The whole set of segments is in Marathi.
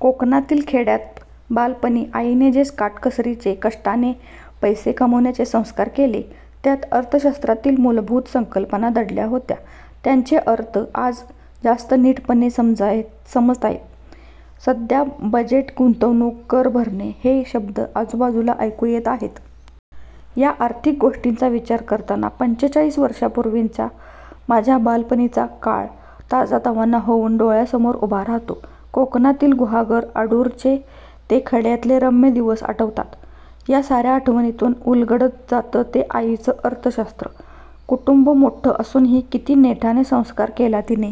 कोकणातील खेड्यात बालपणी आईने जे काटकसरीचे, कष्टाने पैसे कमावण्याचे संस्कार केले, त्यात अर्थशास्त्रातील मूलभूत संकल्पना दडल्या होत्या. त्यांचे अर्थ आज जास्त नीटपणे समजताहेत! सध्या बजेट, गुंतवणूक, कर भरणे हे शब्द आजूबाजूला ऐकू येत आहेत. या आर्थिक गोष्टींचा विचार करताना पंचेचाळीस वर्षांपूर्वीचा माझ्या बालपणीचा काळ ताजातवाना होऊन डोळ्यांसमोर उभा राहतो. कोकणातील गुहागर-अडूरचे ते खेड्यातले रम्य दिवस आठवतात. या साऱ्या आठवणींतून उलगडत जातं ते आईचं अर्थशास्त्र! कुटुंब मोठं असूनही किती नेटानं संसार केला तिने!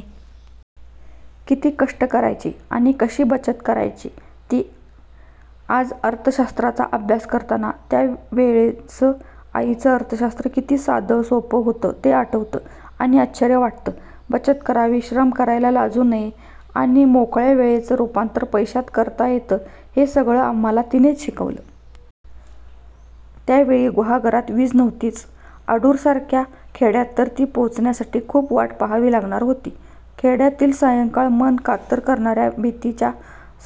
किती कष्ट करायची आणि कशी बचत करायची ती! आज अर्थशास्त्राचा अभ्यास करताना त्या वेळचं आईचं अर्थशास्त्र किती साधं, सोपं होतं ते आठवतं आणि आश्चर्य वाटतं. बचत करावी, श्रम करायला लाजू नये आणि मोकळ्या वेळेचं रूपांतर पैशात करता येतं हे सगळं आम्हांला तिनेच शिकवलं. त्यावेळी गुहागरात वीज नव्हतीच. अडूरसारख्या खेड्यात तर ती पोहोचण्यासाठी खूप वाट पाहावी लागणार होती. खेड्यातली सायंकाळ मन कातर करणाऱ्या भीतीच्या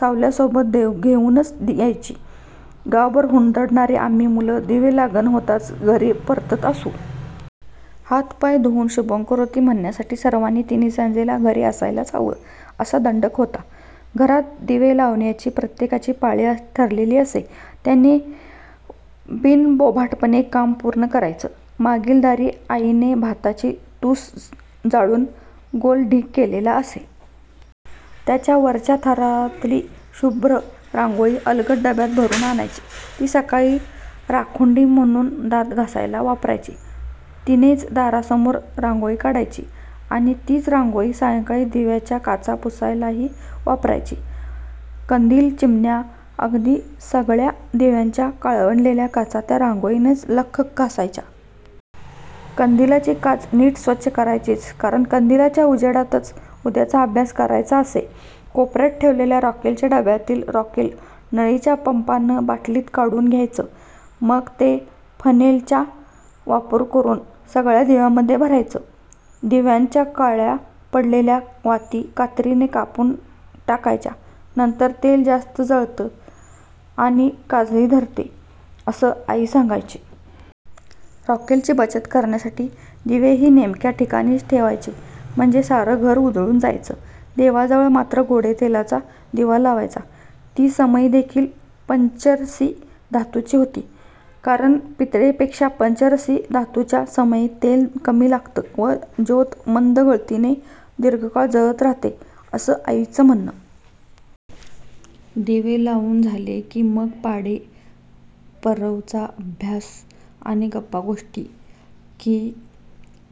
सावल्या सोबत घेऊनच यायची. गावभर हुंदडणारी आम्ही मुलं दिवेलागण होताच घरी परतत असू. हातपाय धुऊन 'शुभंकरोती' म्हणण्यासाठी सर्वांनी तिन्हीसांजेला घरी असायलाच हवं, असा दंडक होता. घरात दिवे लावण्याची प्रत्येकाची पाळी ठरलेली असे; त्याने बिनबोभाटपणे काम पूर्ण करायचं. मागीलदारी आईने भाताची तुसं जाळून गोल ढीग केलेला असे. त्याच्या वरच्या थरातली शुभ्र रांगोळी अलगद डब्यात भरून आणायची. ही सकाळी राखुंडी म्हणून दात घासायला वापरायची; तिनेच दारासमोर रांगोळी काढायची आणि तीच रांगोळी सायंकाळी दिव्यांच्या काचा पुसायलाही वापरायची. कंदील, चिमण्या अगदी सगळ्या दिव्यांच्या काळवंडलेल्या काचा त्या रांगोळीनं लख्ख घासायच्या. कंदिलाची काच नीट स्वच्छ करायचीच, कारण कंदिलाच्या उजेडातच उद्याचा अभ्यास करायचा असे. कोपऱ्यात ठेवलेल्या रॉकेलच्या डब्यातील रॉकेल नळीच्या पंपानं बाटलीत काढून घ्यायचं, मग ते फनेलचा वापर करून सगळ्या दिव्यांमध्ये भरायचं. दिव्यांच्या काळ्या पडलेल्या वाती कात्रीने कापून टाकायच्या, नाहीतर तेल जास्त जळतं आणि काजळी धरते, असं आई सांगायची. रॉकेलची बचत करण्यासाठी दिवेही नेमक्या ठिकाणी ठेवायचे, म्हणजे सारं घर उजळून जायचं. देवाजवळ मात्र गोडेतेलाचा दिवा लावायचा. ती समईदेखील पंचरसी धातूची होती; कारण पितळेपेक्षा पंचरसी धातूच्या समईत तेल कमी लागतं व ज्योत मंद गतीने दीर्घकाळ जळत राहाते, असं आईचं म्हणणं! दिवे लावून झाले की मग पाढे, परवचा, अभ्यास आणि गप्पागोष्टी; की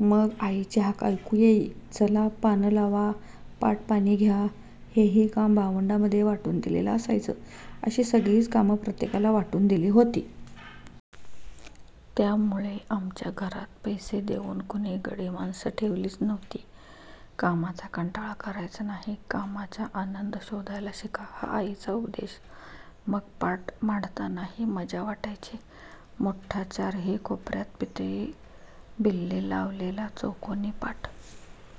मग आईची हाक ऐकू येई- 'चला, पानं लावा, पाटपाणी घ्या.' हेही काम भावंडांमध्ये वाटून दिलेलं असायचं. अशी सगळीच कामं प्रत्येकाला वाटून दिली होती. त्यामुळे आमच्या घरात पैसे देऊन कुणी गडीमाणसं ठेवली नव्हतीच. कामाचा कंटाळा करायचा नाही, कामात आनंद शोधायला शिका हा आईचा उपदेश. मग पाट मांडतानाही मजा वाटायची. मोठा, चारही कोपऱ्यात पितळी बिल्ले लावलेला चौकोनी पाट